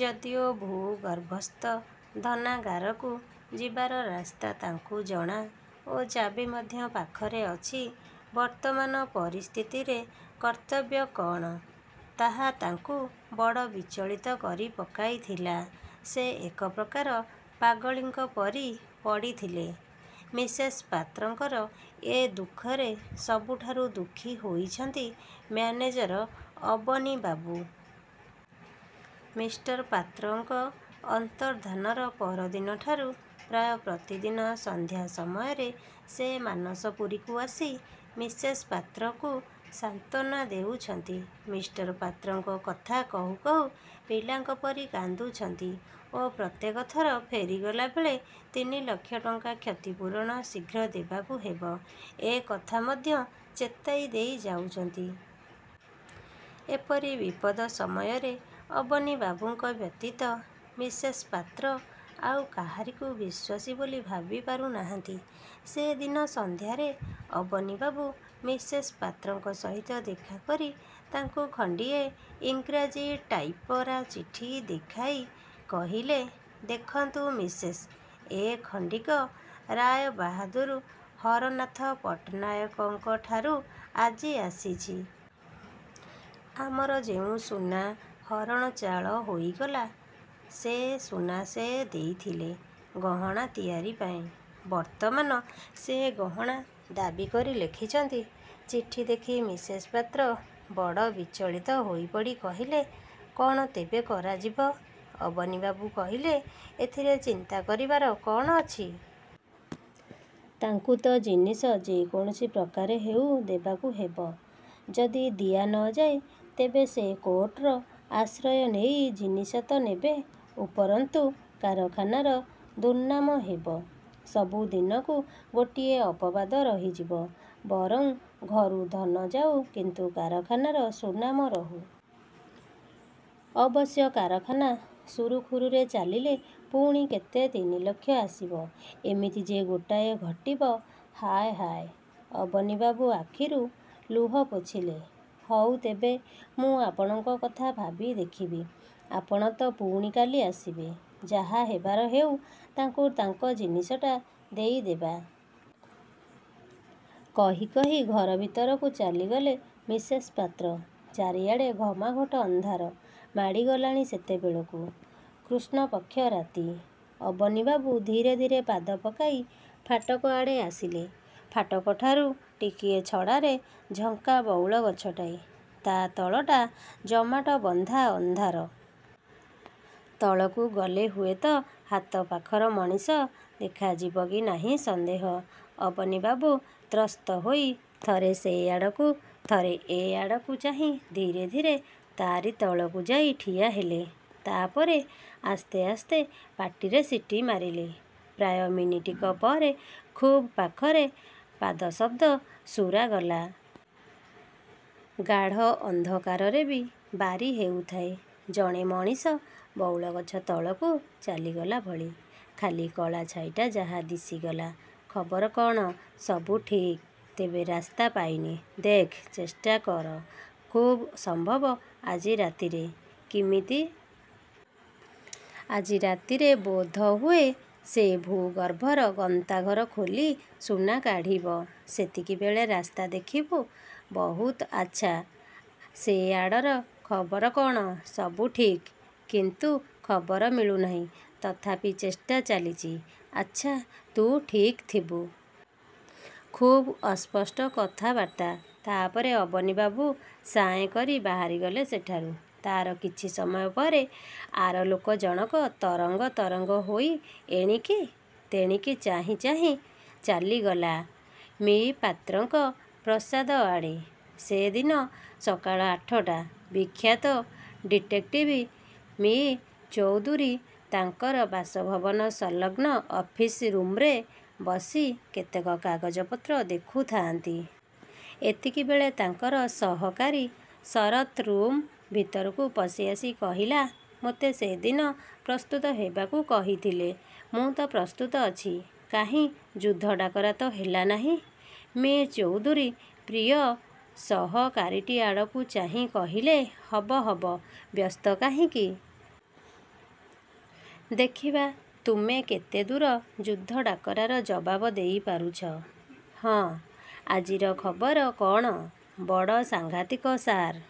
ଯଦିଓ ଭୂ-ଗର୍ଭସ୍ଥ ଧନାଗାରକୁ ଯିବାର ରାସ୍ତା ତାଙ୍କୁ ଜଣା ଓ ଚାବି ମଧ୍ୟ ପାଖରେ ଅଛି। ବର୍ତ୍ତମାନ ପରିସ୍ଥିତିରେ କର୍ତ୍ତବ୍ୟ କ'ଣ, ତାହା ତାଙ୍କୁ ବଡ଼ ବିଚଳିତ କରି ପକାଇଥିଲା। ସେ ଏକ ପ୍ରକାର ପାଗଳୀଙ୍କ ପରି ପଡ଼ିଥିଲେ। ମିସେସ୍ ପାତ୍ରଙ୍କର ଏ ଦୁଃଖରେ ସବୁଠାରୁ ଦୁଃଖୀ ହୋଇଛନ୍ତି ମ୍ୟାନେଜର ଅବନୀବାବୁ-। ମିଷ୍ଟର ପାତ୍ରଙ୍କ ଅନ୍ତର୍ଦ୍ଧାନର ପରଦିନ ଠାରୁ ପ୍ରାୟ ପ୍ରତିଦିନ ସନ୍ଧ୍ୟା ସମୟରେ ସେ ମାନସପୁରୀକୁ ଆସି ମିସେସ୍ ପାତ୍ରକୁ ସାନ୍ତ୍ୱନା ଦେଉଛନ୍ତି। ମିଷ୍ଟର ପାତ୍ରଙ୍କ କଥା କହୁ କହୁ ପିଲାଙ୍କ ପରି କାନ୍ଦୁଛନ୍ତି ଓ ପ୍ରତ୍ୟେକ ଥର ଫେରିଗଲା ବେଳେ ତିନିଲକ୍ଷ ଟଙ୍କା କ୍ଷତିପୂରଣ ଶୀଘ୍ର ଦେବାକୁ ହେବ, ଏ କଥା ମଧ୍ୟ ଚେତାଇ ଦେଇ ଯାଉଛନ୍ତି। ଏପରି ବିପଦ ସମୟରେ ଅବନୀବାବୁଙ୍କ ବ୍ୟତୀତ ମିସେସ୍ ପାତ୍ର ଆଉ କାହାରିକୁ ବିଶ୍ୱାସୀ ବୋଲି ଭାବି ପାରୁନାହାନ୍ତି। ସେ ଦିନ ସନ୍ଧ୍ୟାରେ ଅବନୀବାବୁ ମିସେସ୍ ପାତ୍ରଙ୍କ ସହିତ ଦେଖାକରି ତାଙ୍କୁ ଖଣ୍ଡିଏ ଇଂରାଜୀ ଟାଇପ୍କରା ଚିଠି ଦେଖାଇ କହିଲେ-''ଦେଖନ୍ତୁ ମିସେସ୍! ଏ ଖଣ୍ଡିକ ରାୟବାହାଦୂର ହରନାଥ ପଟ୍ଟନାୟକଙ୍କଠାରୁ ଆଜି ଆସିଛି। ଆମର ଯେଉଁ ସୁନା ହରଣଚାଳ ହୋଇଗଲା ସେ ସୁନା ସେ ଦେଇଥିଲେ ଗହଣା ତିଆରି ପାଇଁ। ବର୍ତ୍ତମାନ ସେ ଗହଣା ଦାବୀ କରି ଲେଖିଛନ୍ତି। '' ଚିଠି ଦେଖି ମିସେସ୍ ପାତ୍ର ବଡ଼ ବିଚଳିତ ହୋଇପଡ଼ି କହିଲେ-''କ'ଣ ତେବେ କରାଯିବ-? '' ଅବନୀବାବୁ କହିଲେ-''ଏଥିରେ ଚିନ୍ତା କରିବାର କ'ଣ ଅଛି? ତାଙ୍କୁ ତ ଜିନିଷ ଯେ କୌଣସି ପ୍ରକାରେ ହେଉ ଦେବାକୁ ହେବ। ଯଦି ଦିଆ ନ ଯାଏ, ତେବେ ସେ କୋର୍ଟର ଆଶ୍ରୟ ନେଇ ଜିନିଷ ତ ନେବେ; ଉପରନ୍ତୁ କାରଖାନାର ଦୁର୍ନାମ ହେବ, ସବୁ ଦିନକୁ ଗୋଟିଏ ଅପବାଦ ରହିଯିବ। ବରଂ ଘରୁ ଧନ ଯାଉ, କିନ୍ତୁ କାରଖାନାର ସୁନାମ ରହୁ। ଅବଶ୍ୟ କାରଖାନା ସୁରୁଖୁରୁରେ ଚାଲିଲେ ପୁଣି କେତେ ତିନିଲକ୍ଷ ଆସିବ। ଏମିତି ଯେ ଗୋଟାଏ ଘଟିବ; ହାୟ ହାୟ '' ଅବନୀବାବୁ ଆଖିରୁ ଲୁହ ପୋଛିଲେ। ''ହଉ ତେବେ, ମୁଁ ଆପଣଙ୍କ କଥା ଭାବି ଦେଖିବି। ଆପଣ ତ ପୁଣି କାଲି ଆସିବେ। ଯାହା ହେବାର ହେଉ, ତାଙ୍କୁ ତାଙ୍କ ଜିନିଷଟା ଦେଇ ଦେବା। '' କହି କହି ଘର ଭିତରକୁ ଚାଲିଗଲେ ମିସେସ୍ ପାତ୍ର। ଚାରିଆଡ଼େ ଘମାଘୋଟ ଅନ୍ଧାର ମାଡ଼ିଗଲାଣି ସେତେବେଳକୁ। କୃଷ୍ଣପକ୍ଷ ରାତି। ଅବନୀବାବୁ ଧୀରେ ଧୀରେ ପାଦ ପକାଇ ଫାଟକ ଆଡ଼େ ଆସିଲେ। ଫାଟକଠାରୁ ଟିକିଏ ଛଡ଼ାରେ ଝଙ୍କା ବଉଳ ଗଛଟାଏ। ତା' ତଳଟା ଜମାଟବନ୍ଧା ଅନ୍ଧାର। ତଳକୁ ଗଲେ ହୁଏତ ହାତପାଖର ମଣିଷ ଦେଖାଯିବ କି ନାହିଁ ସନ୍ଦେହ। ଅବନୀବାବୁ ତ୍ରସ୍ତହୋଇ ଥରେ ସେଆଡ଼କୁ ଥରେ ଏଆଡ଼କୁ ଚାହିଁ ଧୀରେ ଧୀରେ ତା'ରି ତଳକୁ ଯାଇ ଠିଆହେଲେ। ତା'ପରେ ଆସ୍ତେ ଆସ୍ତେ ପାଟିରେ ସିଟି ମାରିଲେ। ପ୍ରାୟ ମିନିଟିକ ପରେ ଖୁବ୍ ପାଖରେ ପାଦଶବ୍ଦ ଶୁରାଗଲା। ଗାଢ଼ ଅନ୍ଧକାରରେ ବି ବାରି ହେଉଥାଏ-ଜଣେ ମଣିଷ ବଉଳଗଛ ତଳକୁ ଚାଲିଗଲା ଭଳି; ଖାଲି କଳା ଛାଇଟା ଯାହା ଦିଶିଗଲା। ''ଖବର କ'ଣ? '' ''ସବୁ ଠିକ୍। ତେବେ ରାସ୍ତା ପାଇନି। '' ''ଦେଖ୍, ଚେଷ୍ଟା କର। ଖୁବ୍ ସମ୍ଭବ ଆଜି ରାତିରେ '' ''କିମିତି? '' ''ଆଜି ରାତିରେ ବୋଧହୁଏ ସେ ଭୂ-ଗର୍ଭର ଗନ୍ତାଘର ଖୋଲି ସୁନା କାଢ଼ିବ। ସେତିକିବେଳେ ରାସ୍ତା ଦେଖିବୁ '' ''ବହୁତ ଆଚ୍ଛା! ସେ ଆଡ଼ର ଖବର କ'ଣ? '' ''ସବୁ ଠିକ୍, କିନ୍ତୁ ଖବର ମିଳୁନାହିଁ; ତଥାପି ଚେଷ୍ଟା ଚାଲିଛି। ଆଚ୍ଛା; ତୁ ଠିକ୍ ଥିବୁ। '' ଖୁବ୍ ଅସ୍ପଷ୍ଟ କଥାବାର୍ତ୍ତା। ତା'ପରେ ଅବନୀବାବୁ ସାଏଁ କରି ବାହାରିଗଲେ ସେଠାରୁ। ତା'ର କିଛି ସମୟ ପରେ ଆରଲୋକ ଜଣକ ତରଙ୍ଗ ତରଙ୍ଗ ହୋଇ ଏଣିକି। ତେଣିକି ଚାହିଁ ଚାହିଁ ଚାଲିଗଲା ମି: ପାତ୍ରଙ୍କ ପ୍ରାସାଦଆଡ଼େ। ସେ ଦିନ ସକାଳ ଆଠଟା। ବିଖ୍ୟାତ ଡିଟେକ୍ଟିଭ୍ ମି: ଚୌଧୁରୀ ତାଙ୍କର ବାସଭବନ ସଂଲଗ୍ନ ଅଫିସ ରୁମ୍ରେ ବସି କେତେକ କାଗଜପତ୍ର ଦେଖୁଥାଆନ୍ତି। ଏତିକିବେଳେ ତାଙ୍କର ସହକାରୀ ଶରତ୍ ରୁମ୍ ଭିତରକୁ ପଶିଆସି କହିଲା-''ମୋତେ ସେଦିନ ପ୍ରସ୍ତୁତ ହେବାକୁ କହିଥିଲେ। ମୁଁ ତ ପ୍ରସ୍ତୁତ ଅଛି; କାହିଁ ଯୁଦ୍ଧ ଡାକରା ତ ହେଲା ନାହିଁ? '' ମି: ଚୌଧୁରୀ ପ୍ରିୟ ସହକାରୀଟି ଆଡ଼କୁ ଚାହିଁ କହିଲେ-''ହବ ହବ, ବ୍ୟସ୍ତ କାହିଁକି-? ଦେଖିବା ତୁମେ କେତେ ଦୂର ଯୁଦ୍ଧ ଡାକରାର ଜବାବ ଦେଇ ପାରୁଛ? ହଁ, ଆଜିର ଖବର କ'ଣ-? '' ''ବଡ଼ ସାଂଘାତିକ ସାର୍!